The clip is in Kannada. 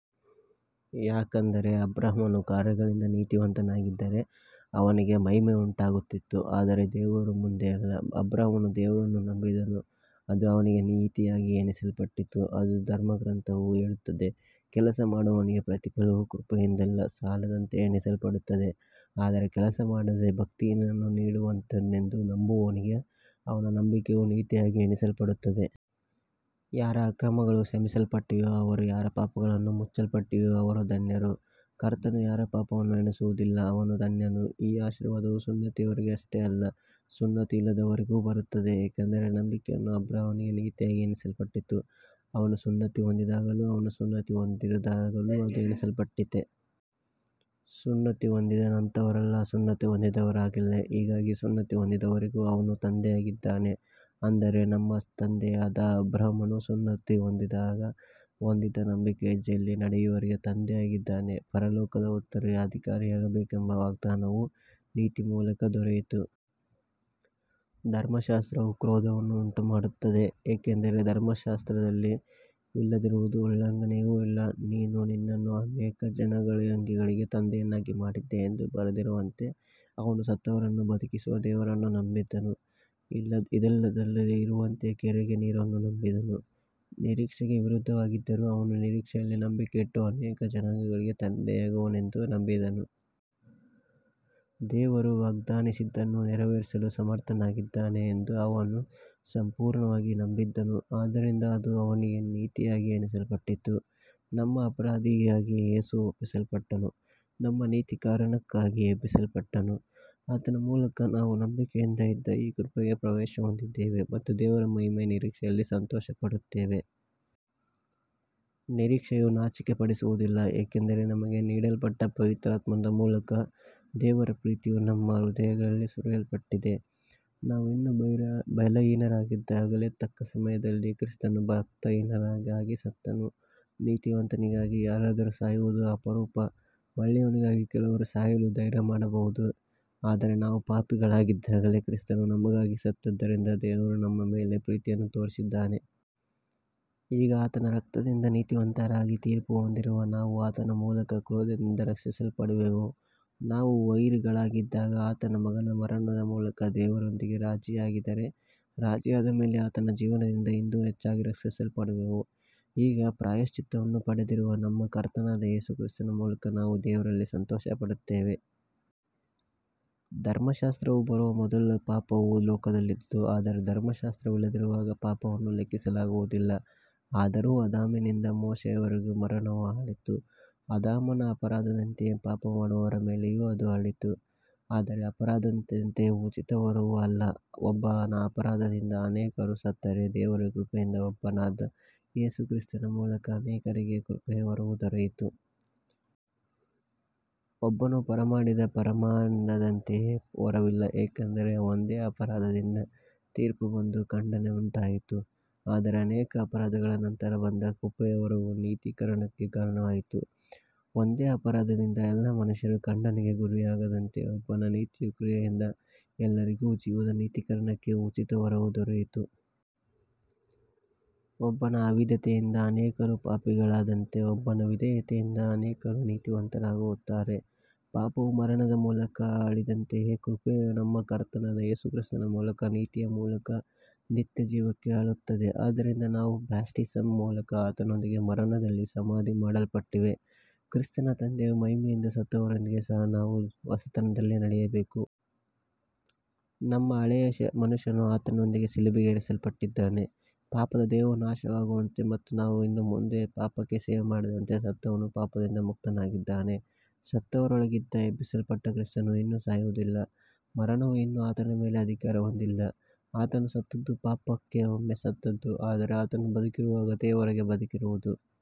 ಯಾಕಂದರೆ ಅಬ್ರಹಾಮನು ಕಾರ್ಯಗಳಿಂದ ನೀತಿವಂತನಾಗಿದ್ದರೆ ಅವನಿಗೆ ಮಹಿಮೆಯುಂಟಾಗುತ್ತಿತ್ತು, ಆದರೆ ದೇವರ ಮುಂದೆ ಅಲ್ಲ. ಅಬ್ರಹಾಮನು ದೇವರನ್ನು ನಂಬಿದನು, ಅದು ಅವನಿಗೆ ನೀತಿಯಾಗಿ ಎಣಿಸಲ್ಪಟ್ಟಿತು ಎಂದು ಧರ್ಮಗ್ರಂಥವು ಹೇಳುತ್ತದೆ. ಕೆಲಸ ಮಾಡುವವನಿಗೆ ಪ್ರತಿಫಲವು ಕೃಪೆಯಿಂದಲ್ಲ, ಸಾಲದಂತೆ ಎಣಿಸಲ್ಪಡುತ್ತದೆ. ಆದರೆ ಕೆಲಸ ಮಾಡದೆ, ಭಕ್ತಿಹೀನನನ್ನು ನೀತಿವಂತನೆಂದು ನಂಬುವವನಿಗೆ ಅವನ ನಂಬಿಕೆಯು ನೀತಿಯಾಗಿ ಎಣಿಸಲ್ಪಡುತ್ತದೆ. ಯಾರ ಅಕ್ರಮಗಳು ಕ್ಷಮಿಸಲ್ಪಟ್ಟಿವೆಯೋ ಮತ್ತು ಯಾರ ಪಾಪಗಳು ಮುಚ್ಚಲ್ಪಟ್ಟಿವೆಯೋ ಅವರು ಧನ್ಯರು. ಕರ್ತನು ಯಾರ ಪಾಪವನ್ನು ಎಣಿಸುವುದಿಲ್ಲವೋ ಅವನು ಧನ್ಯನು. ಈ ಆಶೀರ್ವಾದವು ಸುನ್ನತಿಯವರಿಗಷ್ಟೇ ಅಲ್ಲ, ಸುನ್ನತಿಯಿಲ್ಲದವರಿಗೂ ಬರುತ್ತದೆ, ಏಕೆಂದರೆ ನಂಬಿಕೆಯು ಅಬ್ರಹಾಮನಿಗೆ ನೀತಿಯಾಗಿ ಎಣಿಸಲ್ಪಟ್ಟಿತು. ಅವನು ಸುನ್ನತಿ ಹೊಂದಿದ್ದಾಗಲೋ ಅಥವಾ ಸುನ್ನತಿ ಹೊಂದಿರದಿದ್ದಾಗಲೋ ಅದು ಎಣಿಸಲ್ಪಟ್ಟಿತೇ. ಸುನ್ನತಿ ಹೊಂದಿದ ನಂತರವಲ್ಲ, ಸುನ್ನತಿ ಹೊಂದಿರದಿದ್ದಾಗಲೇ. ಹೀಗಾಗಿ ಸುನ್ನತಿ ಹೊಂದಿರದವರಿಗೂ ಅವನು ತಂದೆಯಾಗಿದ್ದಾನೆ, ಅಂದರೆ ನಮ್ಮ ತಂದೆಯಾದ ಅಬ್ರಹಾಮನು ಸುನ್ನತಿ ಹೊಂದಿರದಾಗ ಹೊಂದಿದ್ದ ನಂಬಿಕೆಯ ಹೆಜ್ಜೆಯಲ್ಲಿ ನಡೆಯುವವರಿಗೆ ತಂದೆಯಾಗಿದ್ದಾನೆ. ಲೋಕದ ಉತ್ತರಾಧಿಕಾರಿಯಾಗಬೇಕೆಂಬ ವಾಗ್ದಾನವು ಅಬ್ರಹಾಮನಿಗೂ ಅವನ ಸಂತತಿಗೂ ಧರ್ಮಶಾಸ್ತ್ರದ ಮೂಲಕವಲ್ಲ, ನಂಬಿಕೆಯ ನೀತಿಯ ಮೂಲಕ ದೊರೆಯಿತು. ಧರ್ಮಶಾಸ್ತ್ರವು ಕ್ರೋಧವನ್ನು ಉಂಟುಮಾಡುತ್ತದೆ, ಏಕೆಂದರೆ ಧರ್ಮಶಾಸ್ತ್ರವಿಲ್ಲದಿರುವಲ್ಲಿ ಉಲ್ಲಂಘನೆಯೂ ಇಲ್ಲ. ನಾನು ನಿನ್ನನ್ನು ಅನೇಕ ಜನಾಂಗಗಳಿಗೆ ತಂದೆಯನ್ನಾಗಿ ಮಾಡಿದ್ದೇನೆ ಎಂದು ಬರೆದಿರುವಂತೆ, ಅವನು ಸತ್ತವರನ್ನು ಬದುಕಿಸುವ ದೇವರನ್ನು ನಂಬಿದನು ಮತ್ತು ಇಲ್ಲದ್ದನ್ನು ಇರುವಂತೆಯೇ ಕರೆಯುವ ದೇವರನ್ನು ನಂಬಿದನು. ನಿರೀಕ್ಷೆಗೆ ವಿರುದ್ಧವಾಗಿದ್ದರೂ, ಅವನು ನಿರೀಕ್ಷೆಯಲ್ಲಿ ನಂಬಿಕೆಯಿಟ್ಟು ಅನೇಕ ಜನಾಂಗಗಳಿಗೆ ತಂದೆಯಾಗುವನೆಂದು ನಂಬಿದನು. ದೇವರು ವಾಗ್ದಾನಿಸಿದ್ದನ್ನು ನೆರವೇರಿಸಲು ಸಮರ್ಥನಾಗಿದ್ದಾನೆ ಎಂದು ಅವನು ಸಂಪೂರ್ಣವಾಗಿ ನಂಬಿದನು. ಆದ್ದರಿಂದ ಅದು ಅವನಿಗೆ ನೀತಿಯಾಗಿ ಎಣಿಸಲ್ಪಟ್ಟಿತು. ನಮ್ಮ ಅಪರಾಧಗಳಿಗಾಗಿ ಯೇಸು ಒಪ್ಪಿಸಲ್ಪಟ್ಟು, ನಮ್ಮ ನೀತೀಕರಣಕ್ಕಾಗಿ ಎಬ್ಬಿಸಲ್ಪಟ್ಟನು. ಆತನ ಮೂಲಕ ನಾವು ನಂಬಿಕೆಯಿಂದ ಈ ಕೃಪೆಗೆ ಪ್ರವೇಶ ಹೊಂದಿದ್ದೇವೆ ಮತ್ತು ದೇವರ ಮಹಿಮೆಯ ನಿರೀಕ್ಷೆಯಲ್ಲಿ ಸಂತೋಷಪಡುತ್ತೇವೆ. ನಿರೀಕ್ಷೆಯು ನಾಚಿಕೆಪಡಿಸುವುದಿಲ್ಲ, ಏಕೆಂದರೆ ನಮಗೆ ನೀಡಲ್ಪಟ್ಟ ಪವಿತ್ರಾತ್ಮನ ಮೂಲಕ ದೇವರ ಪ್ರೀತಿಯು ನಮ್ಮ ಹೃದಯಗಳಲ್ಲಿ ಸುರಿಯಲ್ಪಟ್ಟಿದೆ. ನಾವು ಇನ್ನೂ ಬಲಹೀನರಾಗಿದ್ದಾಗಲೇ, ತಕ್ಕ ಸಮಯದಲ್ಲಿ ಕ್ರಿಸ್ತನು ಭಕ್ತಿಹೀನರಿಗಾಗಿ ಸತ್ತನು. ನೀತಿವಂತನಿಗಾಗಿ ಯಾರಾದರೂ ಸಾಯುವುದು ಅಪರೂಪ, ಒಳ್ಳೆಯವನಿಗಾಗಿ ಕೆಲವರು ಸಾಯಲು ಧೈರ್ಯಮಾಡಬಹುದು. ಆದರೆ ನಾವು ಪಾಪಿಗಳಾಗಿದ್ದಾಗಲೇ ಕ್ರಿಸ್ತನು ನಮಗಾಗಿ ಸತ್ತದ್ದರಿಂದ ದೇವರು ನಮ್ಮ ಮೇಲಿನ ತನ್ನ ಪ್ರೀತಿಯನ್ನು ತೋರಿಸಿದ್ದಾನೆ. ಈಗ ಆತನ ರಕ್ತದಿಂದ ನೀತಿವಂತರಾಗಿ ತೀರ್ಪು ಹೊಂದಿರುವ ನಾವು ಆತನ ಮೂಲಕ ಕ್ರೋಧದಿಂದ ರಕ್ಷಿಸಲ್ಪಡುವೆವು. ನಾವು ವೈರಿಗಳಾಗಿದ್ದಾಗ ಆತನ ಮಗನ ಮರಣದ ಮೂಲಕ ದೇವರೊಂದಿಗೆ ರಾಜಿಯಾದರೆ, ರಾಜಿಯಾದ ಮೇಲೆ ಆತನ ಜೀವದಿಂದ ಇನ್ನೂ ಹೆಚ್ಚಾಗಿ ರಕ್ಷಿಸಲ್ಪಡುವೆವು. ಈಗ ಪ್ರಾಯಶ್ಚಿತ್ತವನ್ನು ಪಡೆದಿರುವ ನಮ್ಮ ಕರ್ತನಾದ ಯೇಸು ಕ್ರಿಸ್ತನ ಮೂಲಕ ನಾವು ದೇವರಲ್ಲಿ ಸಂತೋಷಪಡುತ್ತೇವೆ. ಧರ್ಮಶಾಸ್ತ್ರವು ಬರುವ ಮೊದಲು ಪಾಪವು ಲೋಕದಲ್ಲಿತ್ತು, ಆದರೆ ಧರ್ಮಶಾಸ್ತ್ರವಿಲ್ಲದಿರುವಾಗ ಪಾಪವನ್ನು ಲೆಕ್ಕಿಸಲಾಗುವುದಿಲ್ಲ. ಆದರೂ ಆದಾಮನಿಂದ ಮೋಶೆಯವರೆಗೆ ಮರಣವು ಆಳಿತು, ಆದಾಮನ ಅಪರಾಧದಂತೆಯೇ ಪಾಪಮಾಡದವರ ಮೇಲೆಯೂ ಅದು ಆಳಿತು. ಆದರೆ ಅಪರಾಧದಂತೆಯೇ ಉಚಿತ ವರವೂ ಅಲ್ಲ. ಒಬ್ಬನ ಅಪರಾಧದಿಂದ ಅನೇಕರು ಸತ್ತರೆ, ದೇವರ ಕೃಪೆಯಿಂದ ಒಬ್ಬನಾದ ಯೇಸು ಕ್ರಿಸ್ತನ ಮೂಲಕ ಅನೇಕರಿಗೆ ಕೃಪೆಯ ವರವು ದೊರೆಯಿತು. ಒಬ್ಬನು ಪಾಪಮಾಡಿದ ಪರಿಣಾಮದಂತೆಯೇ ವರವಿಲ್ಲ, ಏಕೆಂದರೆ ಒಂದೇ ಅಪರಾಧದಿಂದ ತೀರ್ಪು ಬಂದು ಖಂಡನೆ ಉಂಟಾಯಿತು, ಆದರೆ ಅನೇಕ ಅಪರಾಧಗಳ ನಂತರ ಬಂದ ಕೃಪೆಯ ವರವು ನೀತೀಕರಣಕ್ಕೆ ಕಾರಣವಾಯಿತು. ಒಂದೇ ಅಪರಾಧದಿಂದ ಎಲ್ಲ ಮನುಷ್ಯರು ಖಂಡನೆಗೆ ಗುರಿಯಾದಂತೆಯೇ, ಒಬ್ಬನ ನೀತಿಯ ಕ್ರಿಯೆಯಿಂದ ಎಲ್ಲರಿಗೂ ಜೀವದ ನೀತೀಕರಣಕ್ಕೆ ಉಚಿತ ವರವು ದೊರೆಯಿತು. ಒಬ್ಬನ ಅವಿಧೇಯತೆಯಿಂದ ಅನೇಕರು ಪಾಪಿಗಳಾದಂತೆ, ಒಬ್ಬನ ವಿಧೇಯತೆಯಿಂದ ಅನೇಕರು ನೀತಿವಂತರಾಗುತ್ತಾರೆ. ಪಾಪವು ಮರಣದ ಮೂಲಕ ಆಳಿದಂತೆಯೇ, ಕೃಪೆಯು ನಮ್ಮ ಕರ್ತನಾದ ಯೇಸು ಕ್ರಿಸ್ತನ ಮೂಲಕ ನೀತಿಯ ಮೂಲಕ ನಿತ್ಯಜೀವಕ್ಕೆ ಆಳುತ್ತದೆ. ಆದ್ದರಿಂದ ನಾವು ಬ್ಯಾಪ್ಟಿಸಮ್ ಮೂಲಕ ಆತನೊಂದಿಗೆ ಮರಣದಲ್ಲಿ ಸಮಾಧಿ ಮಾಡಲ್ಪಟ್ಟಿದ್ದೇವೆ, ಕ್ರಿಸ್ತನು ತಂದೆಯ ಮಹಿಮೆಯಿಂದ ಸತ್ತವರೊಳಗಿಂದ ಎಬ್ಬಿಸಲ್ಪಟ್ಟಂತೆ ನಾವು ಸಹ ಜೀವನದ ಹೊಸತನದಲ್ಲಿ ನಡೆಯಬೇಕು. ನಮ್ಮ ಹಳೆಯ ಮನುಷ್ಯನು ಆತನೊಂದಿಗೆ ಶಿಲುಬೆಗೇರಿಸಲ್ಪಟ್ಟಿದ್ದಾನೆ, ಪಾಪದ ದೇಹವು ನಾಶವಾಗುವಂತೆ ಮತ್ತು ನಾವು ಇನ್ನು ಮುಂದೆ ಪಾಪಕ್ಕೆ ಸೇವೆ ಮಾಡದಂತೆ. ಸತ್ತವನು ಪಾಪದಿಂದ ಮುಕ್ತನಾಗಿದ್ದಾನೆ. ಸತ್ತವರೊಳಗಿಂದ ಎಬ್ಬಿಸಲ್ಪಟ್ಟ ಕ್ರಿಸ್ತನು ಇನ್ನು ಸಾಯುವುದಿಲ್ಲ, ಮರಣವು ಇನ್ನು ಆತನ ಮೇಲೆ ಅಧಿಕಾರ ಹೊಂದಿಲ್ಲ. ಆತನು ಸತ್ತದ್ದು ಪಾಪಕ್ಕೆ ಒಮ್ಮೆ ಸತ್ತದ್ದು, ಆದರೆ ಆತನು ಬದುಕಿರುವುದು ದೇವರಿಗಾಗಿ ಬದುಕಿರುವುದು.